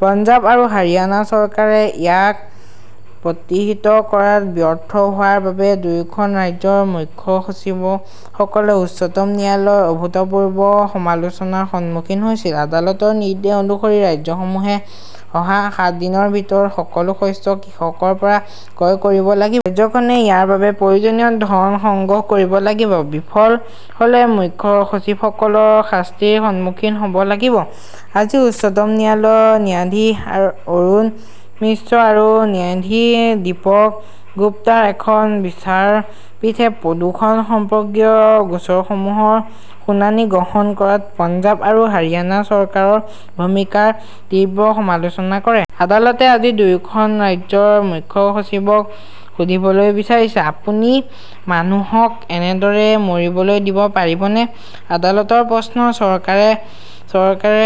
পঞ্জাৱ আৰু হাৰিয়ানা চৰকাৰে ইয়াক প্ৰতিহত কৰাত ব্যৰ্থ হোৱাৰ বাবে দুয়োখন ৰাজ্যৰ মুখ্য সচিবসকলে উচ্চতম ন্যায়ালয়ৰ অভূতপূৰ্ব সমালোচনাৰ সন্মুখীন হৈছিল। আদালতৰ নিৰ্দেশ অনুসৰি ৰাজ্যসমূহে অহা সাত দিনৰ ভিতৰত সকলো শস্য কৃষকৰ পৰা ক্ৰয় কৰিব লাগিব। ৰাজ্যখনে ইয়াৰ বাবে প্ৰয়োজনীয় ধন সংগ্ৰহ কৰিব লাগিব। বিফল হ'লে মুখ্য সচিবসকলক শাস্তিৰ সন্মুখীন হ" ব লাগিব। আজি উচ্চতম ন্যায়ালয়ত ন্যায়াধীশ অৰুণ মিশ্ৰ আৰু ন্যায়াধীশ দীপক গুপ্তাৰ এখন বিচাৰপীঠে প্ৰদূষণ সম্পৰ্কীয় গোচৰসমূহৰ শুনানি গ্ৰহণ কৰাত পঞ্জাৱ আৰু হাৰিয়ানা চৰকাৰৰ ভূমিকাৰ তীব্ৰ সমালোচনা কৰে। আদালতে আজি দুয়োখন ৰাজ্যৰ মুখ্য সচিবক সুধিবলৈ বিচাৰিছেঃ "আপুনি মানুহক এনেদৰে মৰিবলৈ দিব পাৰিবনে? "আদালতৰ প্ৰশ্ন", চৰকাৰে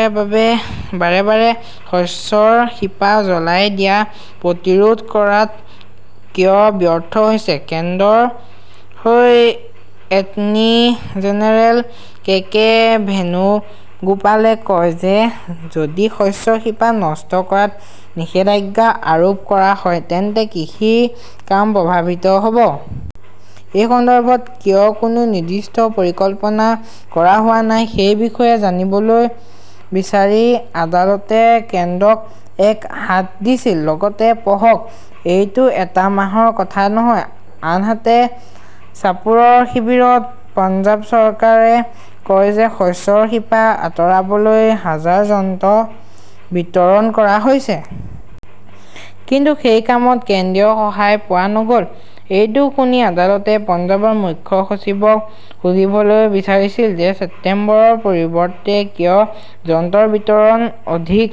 বাৰে বাৰে শস্যৰ শিপা জ্বলাই দিয়া প্ৰতিৰোধ কৰাত কিয় ব্যৰ্থ হৈছে? "কেন্দ্ৰৰ হৈ এটৰ্নী জেনেৰেল কে কে ভেনুগোপালে কয় যে যদি শস্যৰ শিপা নষ্ট কৰাত নিষেধাজ্ঞা আৰোপ কৰা হয় তেন্তে কৃষিৰ কাম প্ৰভাৱিত হ'ব। এই সন্দৰ্ভত কিয় কোনো নিৰ্দিষ্ট পৰিকল্পনা কৰা হোৱা নাই সেই বিষয়ে জানিবলৈ বিচাৰি আদালতে কেন্দ্ৰক এক হাত দিছিল। লগতে পঢ়কঃ এইটো এটা মাহৰ কথা নহয়, আনহাতে ছাপুৰৰ শিবিৰত পঞ্জাৱ চৰকাৰে কয় যে শস্যৰ শিপা আঁতৰাবলৈ হাজাৰ যন্ত্ৰ বিতৰণ কৰা হৈছে। কিন্তু সেই কামত কেন্দ্ৰীয় সহায় পোৱা নগ'ল। এইটো শুনি আদালতে পঞ্জাৱৰ মুখ্য সচিবক সুধিবলৈ বিচাৰিছিল যে ছেপ্টেম্বৰৰ পৰিৱৰ্তে কিয় যন্ত্ৰৰ বিতৰণ অধিক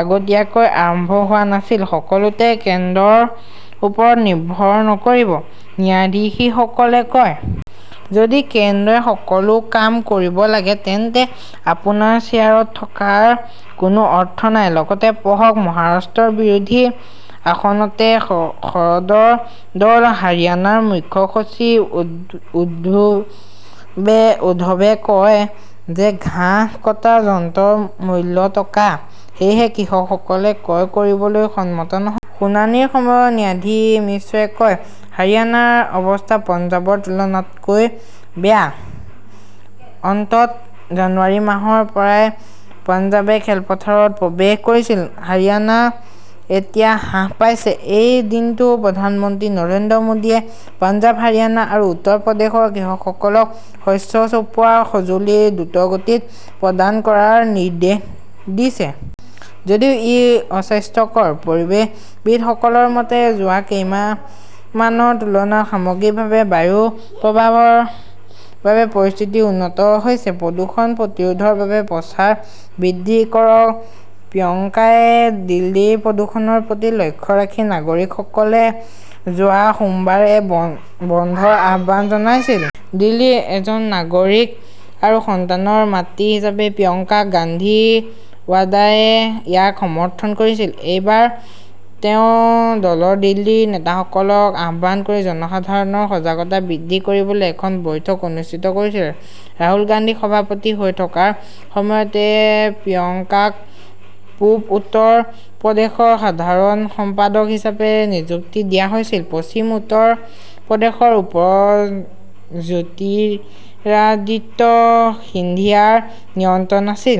আগতীয়াকৈ আৰম্ভ হোৱা নাছিল। "সকলোতে কেন্দ্ৰৰ ওপৰত নিৰ্ভৰ নকৰিব", ন্যায়াধীশসকলে কয়। যদি কেন্দ্ৰই সকলো কাম কৰিব লাগে, তেন্তে আপোনাৰ চেয়াৰত থকাৰ কোনো অৰ্থ নাই। লগতে পঢ়কঃ মহাৰাষ্ট্ৰৰ বিৰোধী আসনতে শৰদৰ দল, হাৰিয়ানাৰ মুখ্য সচিব উদ্ধৱে কয় যে ঘাঁহ কটা যন্ত্ৰৰ মূল্য টকা। সেয়েহে কৃষকসকলে ক্ৰয় কৰিবলৈ সন্মত নহয়। শুনানিৰ সময়ত ন্যায়াধীশ মিশ্ৰই কয়, "হাৰিয়ানাৰ অৱস্থা পঞ্জাৱৰ তুলনাতকৈ বেয়া। অন্ততঃ জানুৱাৰী মাহৰ পৰাই পঞ্জাৱে খেলপথাৰত প্ৰৱেশ কৰিছিল। হাৰিয়ানা এতিয়া হ্ৰাস পাইছে। "এই দিনটোতে প্ৰধানমন্ত্ৰী নৰেন্দ্ৰ মোদীয়ে পঞ্জাৱ, হাৰিয়ানা আৰু উত্তৰ প্ৰদেশৰ কৃষকসকলক শস্য চপোৱা সঁজুলি দ্ৰুতগতিত প্ৰদান কৰাৰ নিৰ্দেশ দিছে। যদিও ই অস্বাস্থ্যকৰ, পৰিৱেশবিদসকলৰ মতে যোৱা কেইমাহমানৰ তুলনাত সামগ্ৰিকভাৱে বায়ুৰ প্ৰবাহৰ বাবে পৰিস্থিতি উন্নত হৈছে। প্ৰদূষণ প্ৰতিৰোধৰ বাবে প্ৰচাৰ বৃদ্ধি কৰকঃ প্ৰিয়ংকাই দিল্লীৰ প্ৰদূষণৰ প্ৰতি লক্ষ্য ৰাখি নাগৰিকসকলে যোৱা সোমবাৰে বন্ধৰ আহ্বান জনাইছিল। দিল্লীৰ এজন নাগৰিক "আৰু সন্তানৰ মাতৃ" হিচাপে প্ৰিয়ংকা গান্ধী ৱাদ্ৰাই ইয়াক সমৰ্থন কৰিছিল। এইবাৰ তেওঁ দলৰ দিল্লীৰ নেতাসকলক আহ্বান কৰি জনসাধাৰণৰ সজাগতা বৃদ্ধি কৰিবলৈ এখন বৈঠক অনুষ্ঠিত কৰিছিল। ৰাহুল গান্ধী সভাপতি হৈ থকাৰ সময়তে প্ৰিয়ংকাক পূব উত্তৰ প্ৰদেশৰ সাধাৰণ সম্পাদক হিচাপে নিযুক্তি দিয়া হৈছিল। পশ্চিম উত্তৰ প্ৰদেশৰ ওপৰত জ্যোতিৰাদিত্য সিন্ধিয়াৰ নিয়ন্ত্ৰণ আছিল।